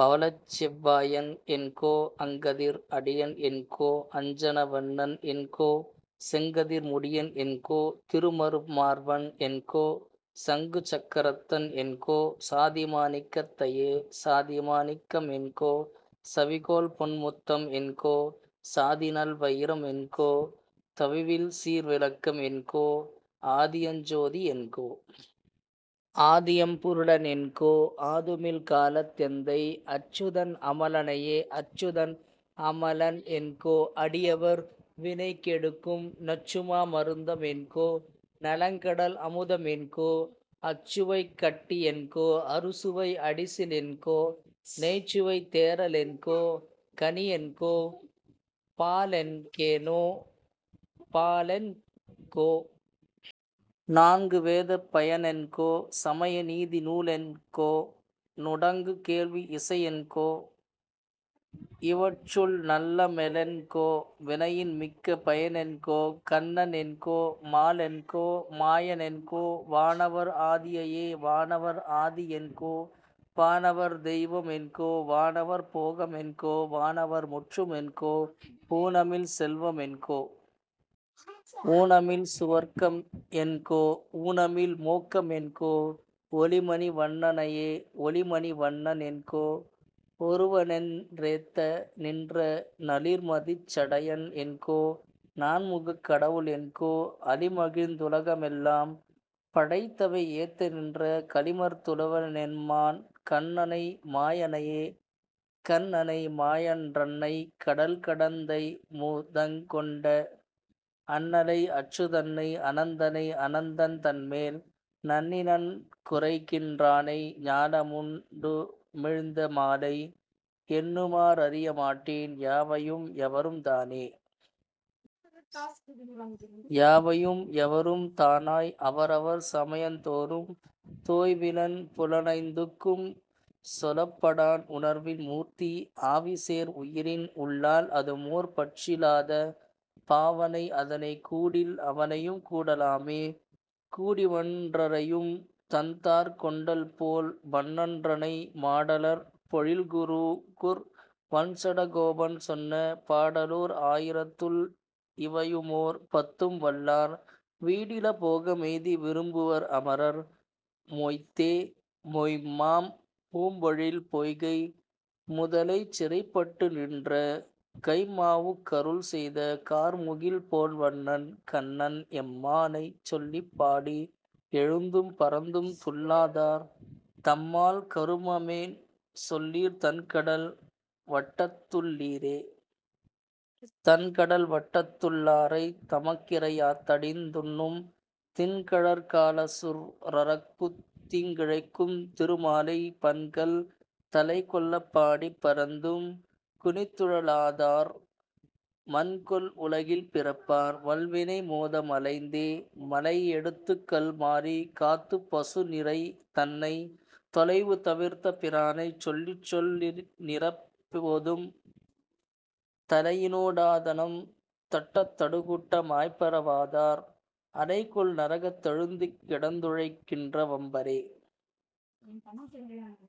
பவளச்செவ் வாயன் என்கோ, அங்கதிர் அடியன் என்கோ. அஞ்சன வண்ணன் என்கோ, செங்கதிர் முடியன் என்கோ. திருமறு மார்வன் என்கோ, சங்குசக் கரத்தன் என்கோ. சாதிமா ணிக்கத் தையே.. சாதிமா ணிக்கம் என்கோ. சவிகோள்பொன் முத்தம் என்கோ, சாதிநல் வயிரம் என்கோ, தவிவில்சீர் விளக்கம் என்கோ, ஆதியஞ் சோதி என்கோ. ஆதியம் புருடன் என்கோ, ஆதுமில் காலத் தெந்தை அச்சுதன் அமல னையே.. அச்சுதன் அமலன் என்கோ, அடியவர் வினைகெடுக்கும், நச்சுமா மருந்தம் என்கோ. நலங்கடல் அமுதம் என்கோ, அச்சுவைக் கட்டி என்கோ. அறுசுவை அடிசில் என்கோ, நெய்ச்சுவைத் தேறல் என்கோ. கனியென்கோ. பாலென் கேனோ.. பாலென்கோ. நான்கு வேதப் பயனென்கோ, சமய நீதி நூலென்கோ. நுடங்கு கேள்வி இசையென்கோ. இவற்றுள் நல்ல மெலென்கோ, வினையின் மிக்க பயனென்கோ, கண்ணன் என்கோ. மாலென்கோ. மாயன் என்கோ வானவர் ஆதி யையே.. வானவர் ஆதி என்கோ. வானவர் தெய்வம் என்கோ, வானவர் போகம் என்கோ. வானவர் முற்றும் என்கோ, ஊனமில் செல்வம் என்கோ. ஊனமில் சுவர்க்கம் என்கோ, ஊனமில் மோக்கம் என்கோ. ஒளிமணி வண்ண னையே.. ஒளிமணி வண்ணன் என்கோ. ஒருவனென் றேத்த நின்ற நளிர்மதிச் சடையன் என்கோ. நான்முகக் கடவுள் என்கோ, அளிமகிழ்ந் துலகமெல்லாம் படைத்தவை ஏத்த நின்ற, களிமலர்த் துளவ னெம்மான் கண்ணனை மாய னையே.. கண்ணனை மாயன் றன்னைக் கடல்கடைந் தமுதங் கொண்ட, அண்ணலை அச்சு தன்னை அனந்தனை அனந்தன் தன்மேல், நண்ணிநன் குறைகின் றானை ஞாலமுண் டுமிழ்ந்த மாலை, எண்ணுமா றறிய மாட்டேன், யாவையும் யவரும் தானே.. யாவையும் யவரும் தானாய் அவரவர் சமயந் தோறும், தோய்விலன் புலனைந் துக்கும் சொலப்படான் உணர்வின் மூர்த்தி, ஆவிசேர் உயிரின் உள்ளால் அதுமோர் பற்றி லாத, பாவனை அதனைக் கூடில் அவனையும் கூட லாமே. கூடிவண் டறையும் தண்தார்க்கொண்டல்போல் வண்ணன் றன்னை மாடலர் பொழில்கு ருகூர் வண்சட கோபன் சொன்ன, பாடலோர் ஆயி ரத்துள் இவையுமோர் பத்தும் வல்லார், வீடில போக மெய்தி விரும்புவர் அமரர் மொய்த்தே மொய்ம்மாம் பூம்பொழில் பொய்கை முதலைச் சிறைப்பட்டு நின்ற, கைம்மா வுக்கருள் செய்த கார்முகில் போல்வண்ணன் கண்ணன், எம்மா னைச்சொல்லிப் பாடி எழுந்தும் பறந்தும்துள் ளாதார், தம்மால் கருமமென் சொல்லீர் தண்கடல் வட்டத்துள் ளீரே.. தண்கடல் வட்டத்துள் ளாரைத் தமக்கிரை யாத்தடிந் துண்ணும், திண்கழற் காலசு ரர்க்குத் தீங்கிழைக் கும்திரு மாலை, பண்கள் தலைக்கொள்ளப் பாடிப் பறந்தும் குனித்துழ லாதார், மண்கொள் உலகில் பிறப்பார் வல்வினை மோத மலைந்தே.. மலையை யெடுத்துக்கல் மாரி காத்துப் பசுநிரை தன்னை, தொலைவு தவிர்த்த பிரானைச் சொல்லிச்சொல் லிநிறெப் போதும், தலையினோ டாதனம் தட்டத் தடுகுட்ட மாய்ப்பற வாதார், அலைகொள் நரகத் தழுந்திக் கிடந்துழைக் கின்ற வம்பரே..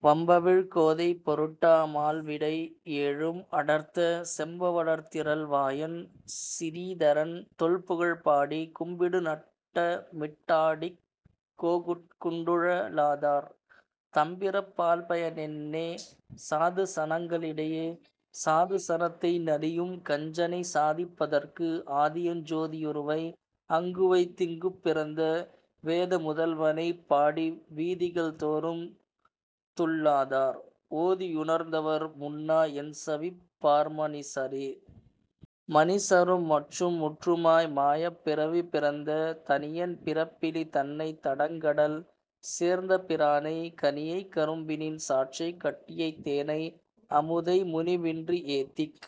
வம்பவிழ் கோதை பொருட்டா மால்விடை யேழும் அடர்த்த, செம்பவ ளத்திரள் வாயன் சிரீதரன் தொல்புகழ் பாடி, கும்பிடு நட்டமிட் டாடிக் கோகுகட் டுண்டுழ லாதார், தம்பிறப் பால்பய னென்னே சாது சனங்க ளிடையே?. சாது சனத்தை நலியும் கஞ்சனைச் சாதிப்ப தற்கு, ஆதியஞ் சோதி யுருவை அங்குவைத் திங்குப் பிறந்த, வேத முதல்வனைப் பாடி வீதிகள் தோறும்துள் ளாதார், ஓதி யுணர்ந்தவர் முன்னா என்சவிப் பார்ம னிசரே?. மனிசரும் மற்றும் முற்றுமாய் மாயப் பிறவி பிறந்த, தனியன் பிறப்பிலி தன்னைத் தடங்கடல் சேர்ந்த பிரானை, கனியைக் கரும்பினின் சாற்றைக் கட்டியைத் தேனை அமுதை, முனிவின்றி ஏத்திக்